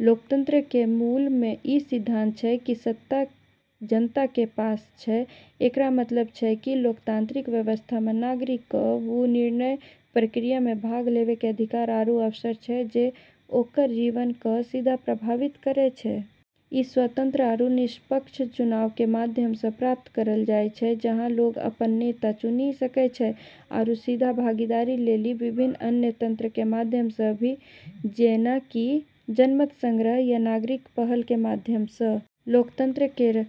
लोकतंत्र के मूल में ई सिद्धांत छै कि सत्ता जनता के पास छै। एकरऽ मतलब छै कि लोकतांत्रिक व्यवस्था म॑ नागरिकऽ क॑ वू निर्णय प्रक्रिया म॑ भाग लेबै के अधिकार आरू अवसर छै जे ओकरऽ जीवन क॑ सीधा प्रभावित करै छै। ई स्वतंत्र आरू निष्पक्ष चुनाव के माध्यम स॑ प्राप्त करलऽ जाय छै, जहाँ लोग अपनऽ नेता चुनी सकै छै, आरू सीधा भागीदारी लेली विभिन्न अन्य तंत्रऽ के माध्यम स॑ भी, जेना कि जनमत संग्रह या नागरिक पहल के माध्यम स॑। लोकतंत्र केरऽ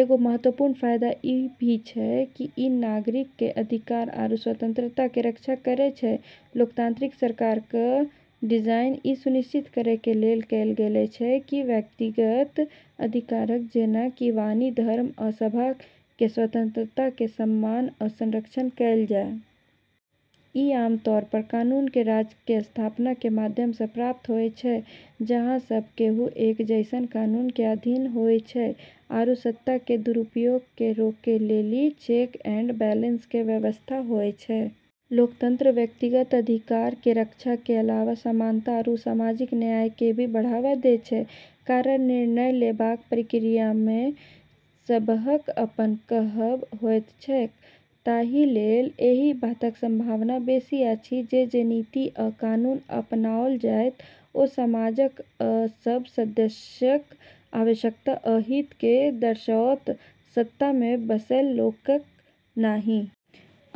एगो महत्वपूर्ण फायदा ई भी छै कि ई नागरिकऽ के अधिकार आरू स्वतंत्रता के रक्षा करै छै। लोकतांत्रिक सरकारक कें डिजाइन इ सुनिश्चित करय कें लेल कैल गेल छै कि व्यक्तिगत अधिकारक, जेना कि वाणी, धर्म, आ सभा कें स्वतंत्रता कें सम्मान आ संरक्षण कैल जै. ई आमतौर पर कानून के राज के स्थापना के माध्यम स॑ प्राप्त होय छै, जहाँ सब केहु एक जैसनऽ कानून के अधीन होय छै आरू सत्ता के दुरुपयोग के रोकै लेली चेक एंड बैलेंस के व्यवस्था होय छै। लोकतंत्र व्यक्तिगत अधिकार के रक्षा के अलावा समानता आरू सामाजिक न्याय के भी बढ़ावा दै छै। कारण निर्णय लेबाक प्रक्रिया मे सबहक अपन कहब होइत छैक, ताहि लेल एहि बातक संभावना बेसी अछि जे जे नीति आ कानून अपनाओल जायत ओ समाजक सब सदस्यक आवश्यकता आ हित केँ दर्शाओत, सत्ता मे बैसल लोकक नहि।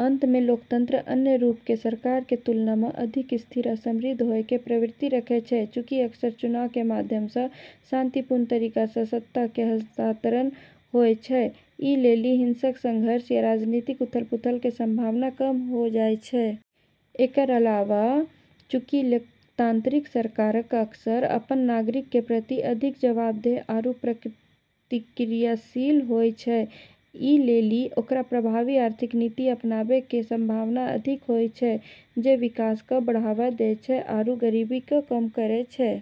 अंत में, लोकतंत्र अन्य रूप के सरकार के तुलना में अधिक स्थिर आ समृद्ध होय के प्रवृत्ति रखै छै. चूँकि अक्सर चुनाव के माध्यम स॑ शांतिपूर्ण तरीका स॑ सत्ता के हस्तांतरण होय छै, ई लेली हिंसक संघर्ष या राजनीतिक उथल-पुथल के संभावना कम होय जाय छै। एकरऽ अलावा, चूँकि लोकतांत्रिक सरकारक अक्सर अपनऽ नागरिकऽ के प्रति अधिक जवाबदेह आरू प्रतिक्रियाशील होय छै, ई लेली ओकरा प्रभावी आर्थिक नीति अपनाबै के संभावना अधिक होय छै जे विकास क॑ बढ़ावा दै छै आरू गरीबी क॑ कम करै छै।